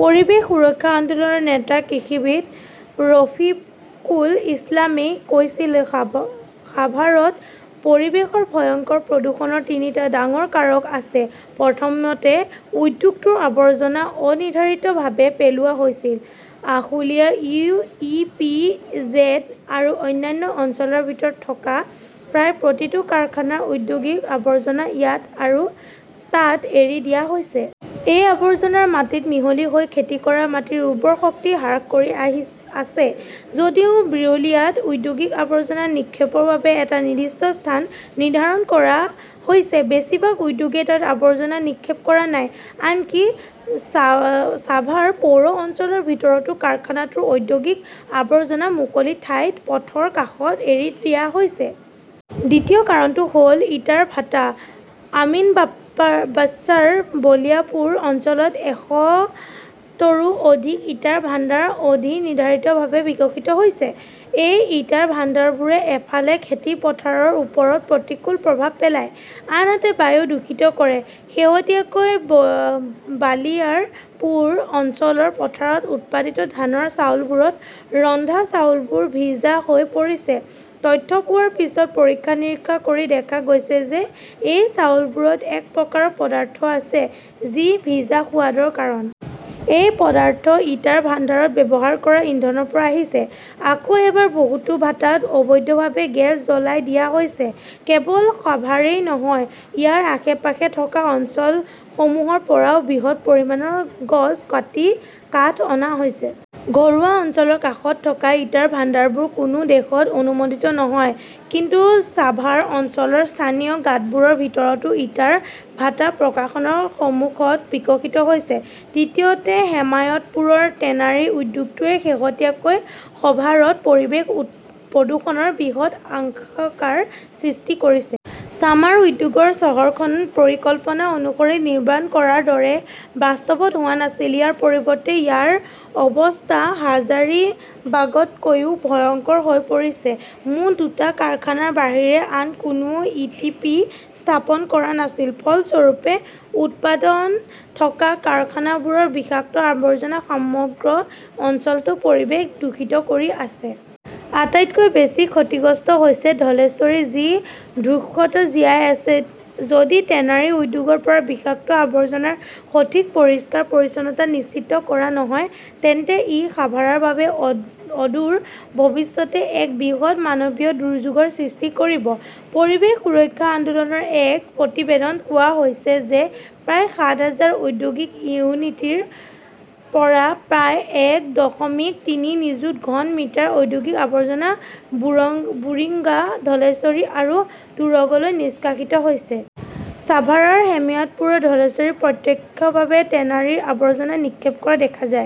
পৰিৱেশ সুৰক্ষা আন্দোলনৰ নেতা কৃষিবিদ ৰফিকুল ইছলামই কৈছিল। "সাভাৰত পৰিৱেশৰ ভয়ংকৰ প্ৰদূষণৰ তিনিটা ডাঙৰ কাৰক আছে। প্ৰথমতে, উদ্যোগটোৰ আৱৰ্জনা অনিৰ্ধাৰিতভাৱে পেলোৱা হৈছিল। আশুলিয়া, ই. পি. জেড. আৰু অন্যান্য অঞ্চলৰ ভিতৰত থকা প্ৰায় প্ৰতিটো কাৰখানাৰ ঔদ্যোগিক আৱৰ্জনা ইয়াত আৰু তাত এৰি দিয়া হৈছে। এই আৱৰ্জনাবোৰ মাটিত মিহলি হৈ খেতি কৰা মাটিৰ উৰ্বৰ শক্তি হ্ৰাস কৰি আছে। যদিও বিৰুলিয়াত ঔদ্যোগিক আৱৰ্জনা নিক্ষেপৰ বাবে এটা নিৰ্দিষ্ট স্থান নিৰ্ধাৰণ কৰা হৈছে, বেছিভাগ উদ্যোগই তাত আৱৰ্জনা নিক্ষেপ কৰা নাই। আনকি ছাভাৰ পৌৰ অঞ্চলৰ ভিতৰতো কাৰখানাটোৰ ঔদ্যোগিক আৱৰ্জনা মুকলি ঠাইত, পথৰ কাষত এৰি দিয়া হৈছে। দ্বিতীয় কাৰণটো হ "ল ইটাৰ ভাটা। আমিনবাঝাৰ, বলিয়াৰপুৰ অঞ্চলত একশতৰো অধিক ইটাৰ ভাণ্ডাৰ অনিৰ্ধাৰিতভাৱে বিকশিত হৈছে। এই ইটাৰ ভাণ্ডাৰবোৰে এফালে খেতি পথাৰৰ ওপৰত প্ৰতিকূল প্ৰভাৱ পেলায়, আনহাতে বায়ু দূষিত কৰে। শেহতীয়াকৈ বলিয়াৰপুৰ অঞ্চলৰ পথাৰত উৎপাদিত ধানৰ চাউলবোৰত ৰন্ধা চাউলবোৰ ভিজা হৈ পৰিছে-তথ্য পোৱাৰ পিছত পৰীক্ষা-নিৰীক্ষা কৰি দেখা গৈছে যে এই চাউলবোৰত এক প্ৰকাৰৰ পদাৰ্থ আছে যি ভিজা সোৱাদৰ কাৰণ। এই পদাৰ্থ ইটাৰ ভাণ্ডাৰত ব্যৱহাৰ কৰা ইন্ধনৰ পৰা আহিছে। আকৌ এবাৰ, বহুতো ভাটাত অবৈধভাৱে গছ জ্বলাই দিয়া হৈছে। কেৱল সাভাৰেই নহয়, ইয়াৰ আশে-পাশে থকা অঞ্চলসমূহৰ পৰাও বৃহৎ পৰিমাণৰ গছ কাটি কাঠ অনা হৈছে। ঘৰুৱা অঞ্চলৰ কাষত থকা ইটাৰ ভাণ্ডাৰবোৰ কোনো দেশত অনুমোদিত নহয়। কিন্তু ছাভাৰ অঞ্চলৰ স্থানীয় গাঁতবোৰৰ ভিতৰতো ইটাৰ ভাটা প্ৰশাসনৰ সন্মুখত বিকশিত হৈছে। তৃতীয়তে, হেমায়তপুৰৰ টেনাৰী উদ্যোগটোৱে শেহতীয়াকৈ সাভাৰত পৰিৱেশ প্ৰদূষণৰ বৃহৎ আশংকাৰ সৃষ্টি কৰিছে। চামৰা উদ্যোগৰ চহৰখন পৰিকল্পনা অনুসৰি নিৰ্মাণ কৰাৰ দৰে বাস্তৱত হোৱা নাছিল। ইয়াৰ পৰিৱৰ্তে, ইয়াৰ অৱস্থা হাজাৰিবাগতকৈও ভয়ংকৰ হৈ পৰিছে। মুঠ দুটা কাৰখানাৰ বাহিৰে আন কোনেও ই. টি. পি. স্থাপন কৰা নাছিল। ফলস্বৰূপে, উৎপাদনত থকা কাৰখানাবোৰৰ বিষাক্ত আৱৰ্জনা সমগ্ৰ অঞ্চলটোৰ পৰিৱেশ দূষিত কৰি আছে। আটাইতকৈ বেছি ক্ষতিগ্ৰস্ত হৈছে ধলেশ্বৰী, যি ধূম্ৰত জীয়াই আছে। যদি টেনাৰী উদ্যোগৰ পৰা বিষাক্ত আৱৰ্জনাৰ সঠিক পৰিষ্কাৰ-পৰিচ্ছন্নতা নিশ্চিত কৰা নহয় তেন্তে ই সাভাৰৰ বাবে অদূৰ ভৱিষ্যতে এক বৃহৎ মানৱীয় দুৰ্যোগৰ সৃষ্টি কৰিব। পৰিৱেশ সুৰক্ষা আন্দোলনৰ এক প্ৰতিবেদনত কোৱা হৈছে যে প্ৰায় সাত হাজাৰ ঔদ্যোগিক ইউনিটৰ পৰা প্ৰায় এক দশমিক তিনি নিযুত ঘন মিটাৰ ঔদ্যোগিক আৱৰ্জনা বুৰিগঙ্গা, ধলেশ্বৰী আৰু তুৰাগলৈ নিষ্কাশিত হৈছে। চাভাৰৰ হেমায়তপুৰত ধলেশ্বৰীত প্ৰত্যক্ষভাৱে টেনাৰীৰ আৱৰ্জনা নিক্ষেপ কৰা দেখা যায়।